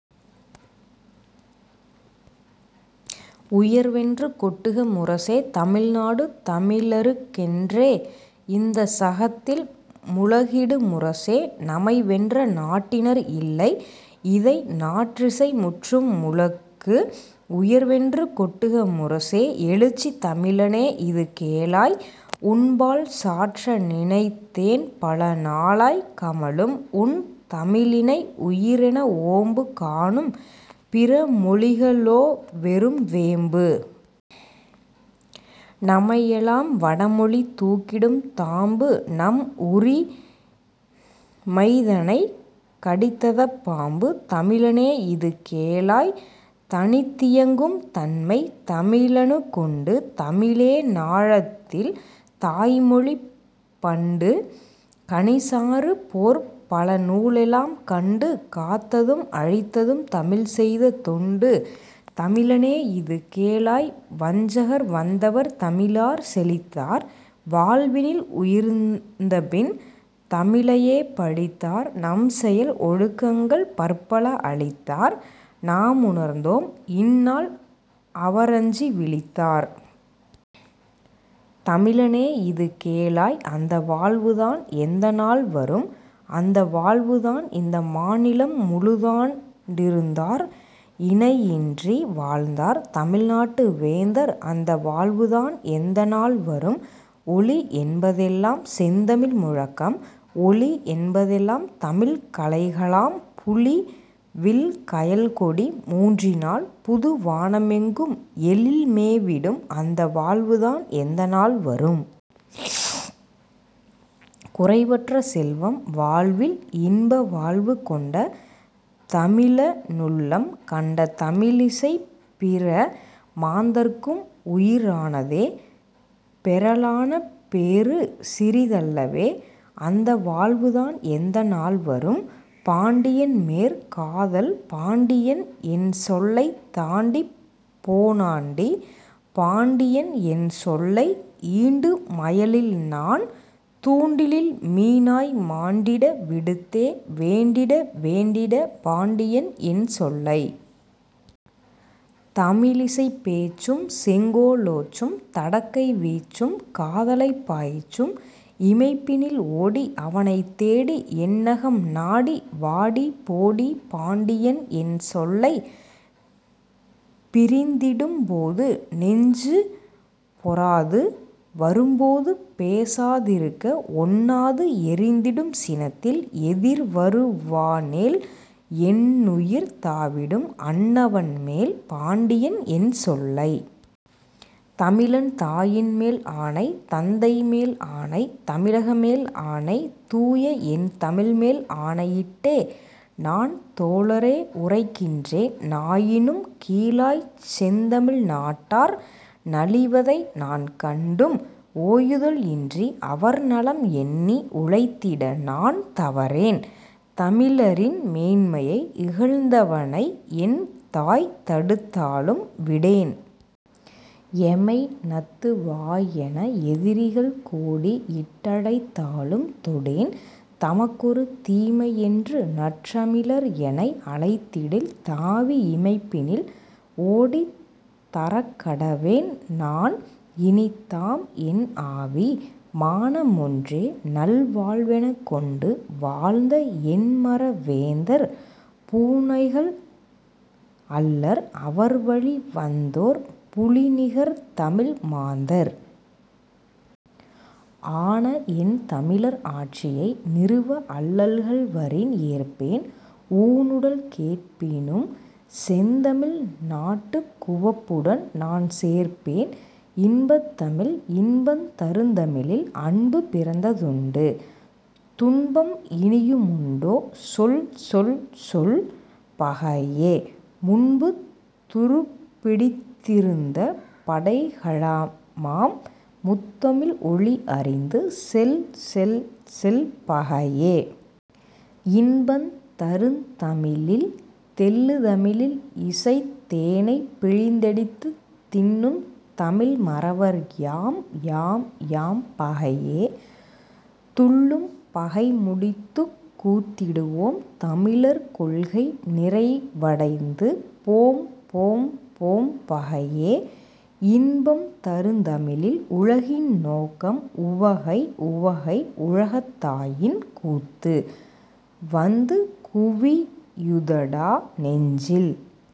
உயர்வென்று கொட்டுக முரசே! தமிழ்நாடு தமிழருக் கென்றே -- இந்தச் சகத்தில் முழக்கிடு முரசே! நமைவென்ற நாட்டினர் இல்லை -- இதை நாற்றிசை முற்றும் முழக்கு! உயர்வென்று கொட்டுக முரசே! எழுச்சி தமிழனே இது கேளாய் -- உன்பால் சாற்ற நினைத்தேன் பல நாளாய்! கமழும் உன் தமிழினை உயிரென ஓம்பு காணும் பிற மொழிக ளோவெறும் வேம்பு! நமையெலாம் வடமொழி தூக்கிடும் தாம்பு நம்உரி மைதனைக் கடித்ததப் பாம்பு! தமிழனே இது கேளாய் தனித்தியங் கும்தன்மை தமிழினுக் குண்டு; தமிழே ஞாலத்தில் தாய்மொழி பண்டு! கனிச்சாறு போற்பல நூலெலாம் கண்டு காத்ததும் அளித்ததும் தமிழ்செய்த தொண்டு. தமிழனே இது கேளாய் வஞ்சகர் வந்தவர் தமிழாற் செழித்தார் வாழ்வினில் உயர்ந்தபின் தமிழையே பழித்தார் நம்செயல் ஒழுக்கங்கள் பற்பல அழித்தார் நாமுணர்ந்தோம்; இந்நாள் அவரஞ்சி விழித்தார். தமிழனே இது கேளாய் அந்த வாழ்வுதான் எந்தநாள் வரும்? அந்த வாழ்வுதான் இந்த மாநிலம் முழுதாண் டிருந்தார் இணையின்றி வாழ்ந்தார் தமிழ்நாட்டு வேந்தர் அந்த வாழ்வுதான் எந்தநாள் வரும்? ஒலி என்பதெல்லாம் செந்தமிழ் முழக்கம்; ஒளி என்பதெல்லாம் தமிழ்க் கலைகளாம்! புலி, வில், கயல் கொடி மூன்றினால் புது வானமெங்கும் எழில் மேவிடும் அந்த வாழ்வுதான் எந்தநாள் வரும்? குறைவற்ற செல்வம், வாழ்வில் இன்பவாழ்வு கொண்ட தமிழனுள்ளம் கண்ட தமிழிசை. பிற மாந்தர்க்கும் உயி ரானதே பெறலான பேறு சிறி தல்லவே! அந்த வாழ்வுதான் எந்தநாள் வரும்? பாண்டியன்மேற் காதல் பாண்டியன் என் சொல்லைத் தாண்டிப் போனாண்டி, பாண்டியன் என் சொல்லை... ஈண்டு மயலில்நான் தூண்டிலில் மீனாய் மாண்டிட விடுத்தே வேண்டிட வேண்டிட, பாண்டியன் என் சொல்லை... தமிழிசைப் பேச்சும், செங்கோலோச்சும்; தடக்கை வீச்சும், காதலைப் பாய்ச்சும், இமைப்பினில் ஓடி அவனைத் தேடி என்னகம் நாடி வாடிபோடி பாண்டியன் என் சொல்லை... பிரிந்திடும் போது நெஞ்சு பொறாது; வரும்போது பேசா திருக்க ஒண்ணாது எரிந்திடும் சினத்தில் எதிர்வரு வானேல் என்னுயிர் தாவிடும் அன்னவன் மேல் பாண்டியன் என் சொல்லை... தமிழன் தாயின்மேல் ஆணை! தந்தைமேல் ஆணை! தமிழகமேல் ஆணை! தூயஎன் தமிழ்மேல் ஆணையிட்டே நான் தோழரே உரைக்கின்றேன்: நாயினும் கீழாய்ச் செந்தமிழ் நாட்டார் நலிவதை நான் கண்டும், ஓயுதல் இன்றி அவர் நலம் எண்ணி உழைத்திட நான் தவறேன். தமிழரின் மேன்மையை இகழ்ந்தவ னைஎன் தாய்தடுத் தாலும் விடேன்! எமைநத்து வாயென எதிரிகள் கோடி இட்டழைத் தாலும் தொடேன்! "தமக்கொரு தீமை" என்று நற்றமிழர் எனைஅழைத்திடில் தாவி இமைப்பினில் ஓடித் தரக்கடவேன் நான் இனிதாம் என் ஆவி! மானமொன்றே நல் வாழ்வெனக் கொண்டு வாழ்ந்தஎன் மற வேந்தர் பூனைகள் அல்லர்; அவர்வழி வந்தோர் புலிநிகர் தமிழ் மாந்தர்! ஆனஎன் தமிழர் ஆட்சியை நிறுவ அல்லல்கள் வரின் ஏற்பேன்! ஊனுடல் கேட்பினும் செந்தமிழ் நாட்டுக் குவப்புடன் நான் சேர்ப்பேன்! இன்பத் தமிழ் இன்பந் தருந்தமிழில் அன்பு பிறந்ததுண்டு; துன்பம் இனியு முண்டோ சொல் சொல் சொல் பகையே! முன்பு துருப்பிடித்தி ருந்த படைக்கலமாம் முத்தமிழ் ஒளி அறிந்து செல் செல் செல் பகையே! இன்பந் தருந்தமிழில்... தெள்ளு தமிழில்இசைத் தேனைப் பிழிந்தெடுத்துத் தின்னும் தமிழ் மறவர் யாம் யாம் யாம் பகையே! துள்ளும் பகைமுடித்துக் கூத்திடுவோம் தமிழர் கொள்கை நிறைவ டைந்து போம் போம் போம் பகையே! இன்பந் தருந்தமிழில்... உலகின் நோக்கம் உவகை உவகை உலகத்தாயின் கூத்து! -- வந்து குவியுதடா நெஞ்சில்